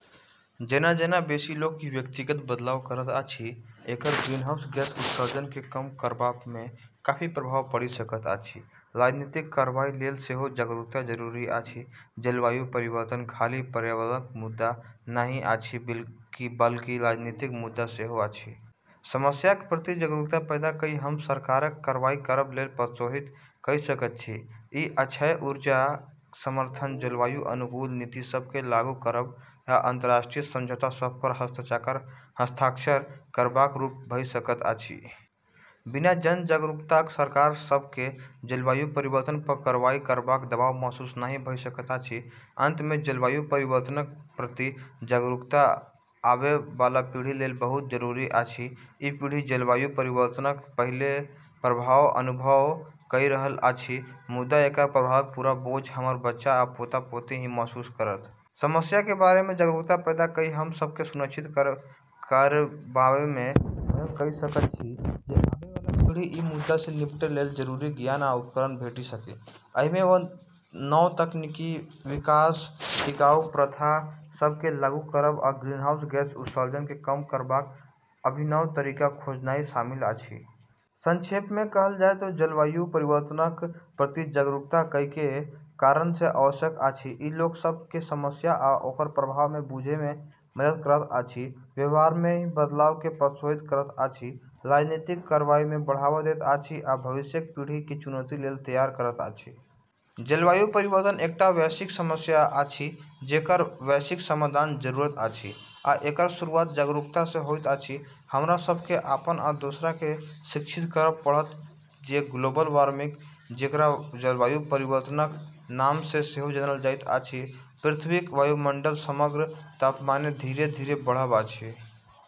जेना-जेना बेसी लोक ई व्यक्तिगत बदलाव करैत अछि, एकर ग्रीनहाउस गैस उत्सर्जन केँ कम करबामे काफी प्रभाव पड़ि सकैत अछि। राजनीतिक कार्रवाई लेल सेहो जागरूकता जरूरी अछि। जलवायु परिवर्तन खाली पर्यावरणक मुद्दा नहि अछि बल्कि राजनीतिक मुद्दा सेहो अछि। समस्याक प्रति जागरूकता पैदा कऽ हम सरकारकेँ कार्रवाई करबा लेल प्रोत्साहित कइ सकैत छी। ई अक्षय ऊर्जाक समर्थन, जलवायुक अनुकूल नीति सभ केँ लागू करब, आ अंतर्राष्ट्रीय समझौता सभ पर हस्ताक्षर करबाक रूपमे भऽ सकैत अछि। बिना जन-जागरूकताक सरकार सभ केँ जलवायु परिवर्तन पर कार्रवाई करबाक दबाव महसूस नहि भऽ सकैत अछि। अंतमे, जलवायु परिवर्तनक प्रति जागरूकता आबए बला पीढ़ी लेल बहुत जरूरी अछि। ई पीढ़ी जलवायु परिवर्तनक पहिल प्रभावक अनुभव कऽ रहल अछि, मुदा एकर प्रभावक पूरा बोझ हमर बच्चा आ पोता-पोती ही महसूस करत। समस्याक बारेमे जागरूकता पैदा कऽ हम सभ ई सुनिश्चित करबामे मदद कइ सकैत छी जे आबए बला पीढ़ी केँ ई मुद्दा सँ निपटबा लेल जरूरी ज्ञान आ उपकरण भेटि सकए। एहिमे नव तकनीकक विकास, टिकाऊ प्रथा सभ केँ लागू करब, आ ग्रीनहाउस गैस उत्सर्जन केँ कम करबाक अभिनव तरीका खोजनाइ शामिल अछि। संक्षेपमे कहल जाए तँ जलवायु परिवर्तनक प्रति जागरूकता कएक कारण सँ आवश्यक अछि। ई लोक सभ केँ समस्या आ ओकर प्रभाव केँ बुझबामे मदद करैत अछि, व्यवहारमे बदलाव केँ प्रोत्साहित करैत अछि, राजनीतिक कार्रवाई केँ बढ़ावा दैत अछि, आ भविष्यक पीढ़ी केँ चुनौती लेल तैयार करैत अछि। जलवायु परिवर्तन एकटा वैश्विक समस्या अछि जेकर वैश्विक समाधानक जरूरत अछि, आ एकर शुरुआत जागरूकता सँ होइत अछि। हमरा सभ केँ अपन आ दोसरा केँ शिक्षित करब पड़त जे ग्लोबल वार्मिंग, जेकरा जलवायु परिवर्तनक नाम सँ सेहो जानल जाइत अछि, पृथ्वीक वायुमंडलक समग्र तापमानमे धीरे-धीरे बढ़ब अछि।